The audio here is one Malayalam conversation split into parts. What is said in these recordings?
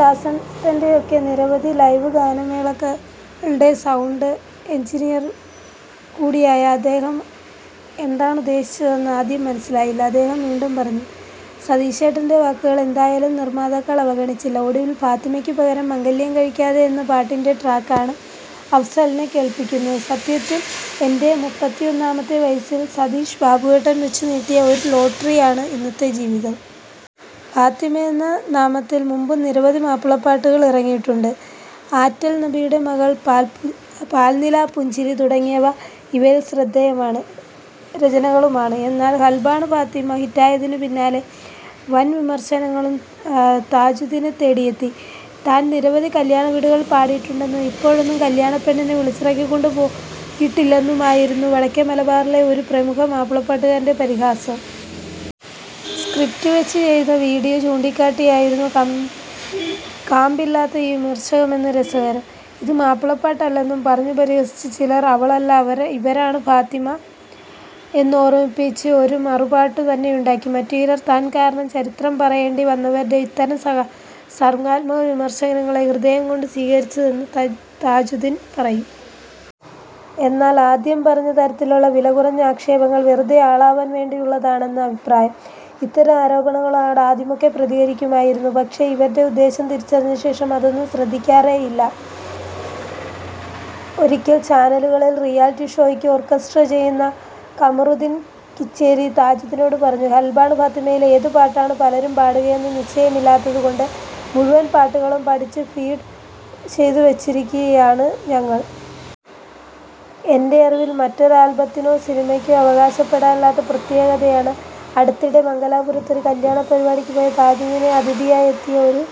ദാസേട്ടൻറെയൊക്കെ നിരവധി ലൈവ് ഗാനമേളകളുടെ സൌണ്ട് എഞ്ചിനീയർ കൂടിയായ അദ്ദേഹം എന്താണ് ഉദ്ദേശിച്ചതെന്ന് ആദ്യം മനസിലായില്ല. അദ്ദേഹം വീണ്ടും പറഞ്ഞു. സതീഷേട്ടൻറെ വാക്കുകൾ എന്തായാലും നിർമ്മാതാക്കൾ അവഗണിച്ചില്ല. ഒടുവിൽ ഫാത്തിമയ്ക്കു പകരം ' മംഗല്യം കഴിക്കാതെ ' എന്ന പാട്ടിൻറെ ട്രാക്കാണ് അഫ്സലിനെ കേൾപ്പിക്കുന്നത്. " സത്യത്തിൽ എൻറെ മുപ്പിത്തൊന്നാമത്തെ വയസിൽ സതീഷ് ബാബുവേട്ടൻ വച്ചു നീട്ടിയ ഒരു ലോട്ടറിയാണ് ഇന്നത്തെ ജീവിതം! " ഫാത്തിമ എന്ന നാമത്തിൽ മുമ്പും നിരവധി മാപ്പിളപ്പാട്ടുകളിറങ്ങിയിട്ടുണ്ട്. ' ആറ്റൽ നബിയുടെ മകൾ ',' പാൽനിലാപ്പുഞ്ചിരി ' തുടങ്ങിയവ അവയിൽ ശ്രദ്ധേയമായ രചനകളുമാണ്. എന്നാൽ ' ഖൽബാണ് ഫാത്തിമ ' ഹിറ്റായതിനു പിന്നാലെ വൻ വിമർശനങ്ങളും താജുദ്ദീനെ തേടിയെത്തി. താൻ നിരവധി കല്ല്യാണ വീടുകളിൽ പാടിയിട്ടുണ്ടെന്നും അപ്പോഴൊന്നും കല്യാണപ്പെണ്ണിനെ വിളിച്ചിറക്കി കൊണ്ടു പോയിട്ടില്ലെന്നുമായിരുന്നു വടക്കേ മലബാറിലെ ഒരു പ്രമുഖ മാപ്പിളപ്പാട്ടുകാരൻറെ പരിഹാസം. സ്ക്രിപ്റ്റ് വച്ച് ചെയ്ത വീഡിയോ ചൂണ്ടിയായിരുന്നു കാമ്പില്ലാത്ത ഈ വിമർശനമന്നതാണ് രസകരം. ഇത് മാപ്പിളപ്പാട്ടല്ലെന്നു പറഞ്ഞ് പരിഹസിച്ചു ചിലർ. ' അവളല്ല ഇവരാണ് ഫാത്തിമ ' എന്നോർമ്മിപ്പിച്ച് ഒരു മറുപാട്ടു തന്നെയുണ്ടാക്കി മറ്റുചിലർ. താൻ കാരണം ചരിത്രം പറയേണ്ടി വന്നവരുടെ ഇത്തരം സർഗ്ഗാത്മക വിമർശനങ്ങളെ ഹൃദയം കൊണ്ടാണ് സ്വീകരിച്ചതെന്ന് താജുദ്ദീൻ പറയും. എന്നാൽ ആദ്യം പറഞ്ഞ തരത്തിലുള്ള വിലകുറഞ്ഞ ആക്ഷേപങ്ങൾ വെറുതെ ആളാവാൻ വേണ്ടിയുള്ളതാണെന്നാണ് അഭിപ്രായം. ഇത്തരം ആരോപണങ്ങളോട് ആദ്യമൊക്കെ പ്രതികരിക്കുമായിരുന്നു. പക്ഷേ അവരുടെ ഉദ്ദേശം തിരിച്ചറിഞ്ഞ ശേഷം അതൊന്നും ശ്രദ്ധിക്കാറേയില്ല. ഒരിക്കൽ ചാനലുകളിൽ റിയാലിറ്റി ഷോയ്ക്ക് ഓർക്കസ്ട്ര ചെയ്യുന്ന കമറുദ്ദീൻ കീച്ചേരി താജുദ്ദീനോടു പറഞ്ഞുഃ " ഖൽബാണ് ഫാത്തിമയിലെ ഏത് പാട്ടാണ് പലരും പാടുക എന്ന് നിശ്ചയമില്ലാത്തതു കൊണ്ട് മുഴുവൻ പാട്ടുകളും പഠിച്ച് ഫീഡ് ചെയ്തു വച്ചിരിക്കുകയാണ് ഞങ്ങൾ. എൻറെ അറിവിൽ മറ്റൊരു ആൽബത്തിനോ സിനിമയ്ക്കോ അവകാശപ്പെടാനില്ലാത്ത പ്രത്യേകതയാണിത്..! " അടുത്തിടെ മംഗലാപുരത്ത് ഒരു കല്യാണപ്പരിപാടിക്കു പോയ താജുദ്ദീനെ അതിഥിയായെത്തിയ ഒരു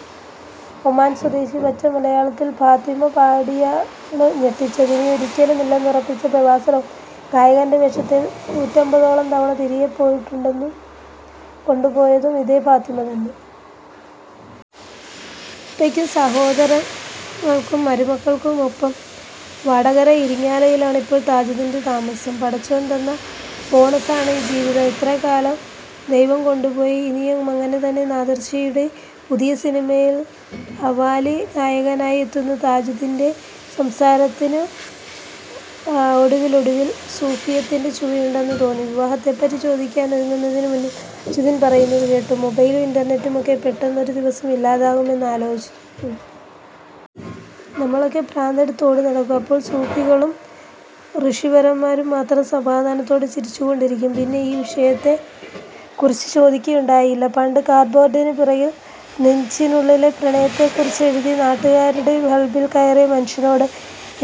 ഒമാൻ സ്വദേശി പച്ചമലയാളത്തിൽ ഫാത്തിമ പാടിയാണ് ഞെട്ടിച്ചത്. ഇനിയൊരിക്കലും ഇല്ലെന്നുറപ്പിച്ച പ്രവാസ ലോകത്തേക്ക് ഗായകൻറെ വേഷത്തിൽ നൂറ്റമ്പതോളം തവണ തിരികെക്കൊണ്ടു പോയതും ഇതേ ഫാത്തിമ തന്നെ. ഉപ്പയ്ക്കും സഹോദരിക്കും മരുമക്കൾക്കുമൊപ്പം വടകര ഇരിങ്ങലിലാണ് ഇപ്പോൾ താജുദ്ദീൻറെ താമസം. " പടച്ചോൻ തന്ന ബോണസാണ് ഈ ജീവിതം, ഇത്രകാലവും ദൈവം കൊണ്ടുപോയി, ഇനിയുമങ്ങനെ തന്നെ " നാദിർഷായുടെ പുതിയ സിനിമയിൽ ഖവാലി ഗായകനായി എത്തുന്ന താജുദ്ദീൻറെ സംസാരത്തിനു ഒടുവിലൊടുവിൽ സൂഫിസത്തിൻറെ ചുവയുണ്ടെന്ന് തോന്നി. വിവാഹത്തെപ്പറ്റി ചോദിക്കാനൊരുങ്ങുന്നതിനു മുമ്പേ താജുദ്ദീൻ പറയുന്നതുകേട്ടുഃ " മൊബൈലും ഇൻറർനെറ്റുമൊക്കെ പെട്ടെന്നൊരു ദിവസം ഇല്ലാതാകുന്നതൊന്ന് ആലോചിച്ചു നോക്കൂ. നമ്മളൊക്കെ ഭ്രാന്തെടുത്ത് ഓടി നടക്കും. അപ്പോൾ സൂഫികളും ഋഷിവര്യന്മാരും മാത്രം സമാധാനത്തോടെ ചിരിച്ചുകൊണ്ടിരിക്കും ". പിന്നെ ആ വിഷയത്തെക്കുറിച്ചൊന്നും ചോദിച്ചതേയില്ല. പണ്ട് കാർഡ്ബോഡിനു പിറകിൽ നെഞ്ചിനുള്ളിലെ പ്രണയത്തെക്കുറിച്ചെഴുതി നാട്ടുകാരുടെ ഖൽബിൽ കയറിയ മനുഷ്യനോട്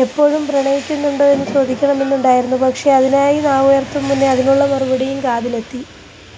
ഇപ്പോഴും പ്രണയിക്കുന്നുണ്ടോ എന്ന് ചോദിക്കണമെന്നുണ്ടായിരുന്നു. പക്ഷേ അതിനായി നാവുയർത്തും മുമ്പേ അതിനുള്ള മറുപടിയും കാതിലെത്തി.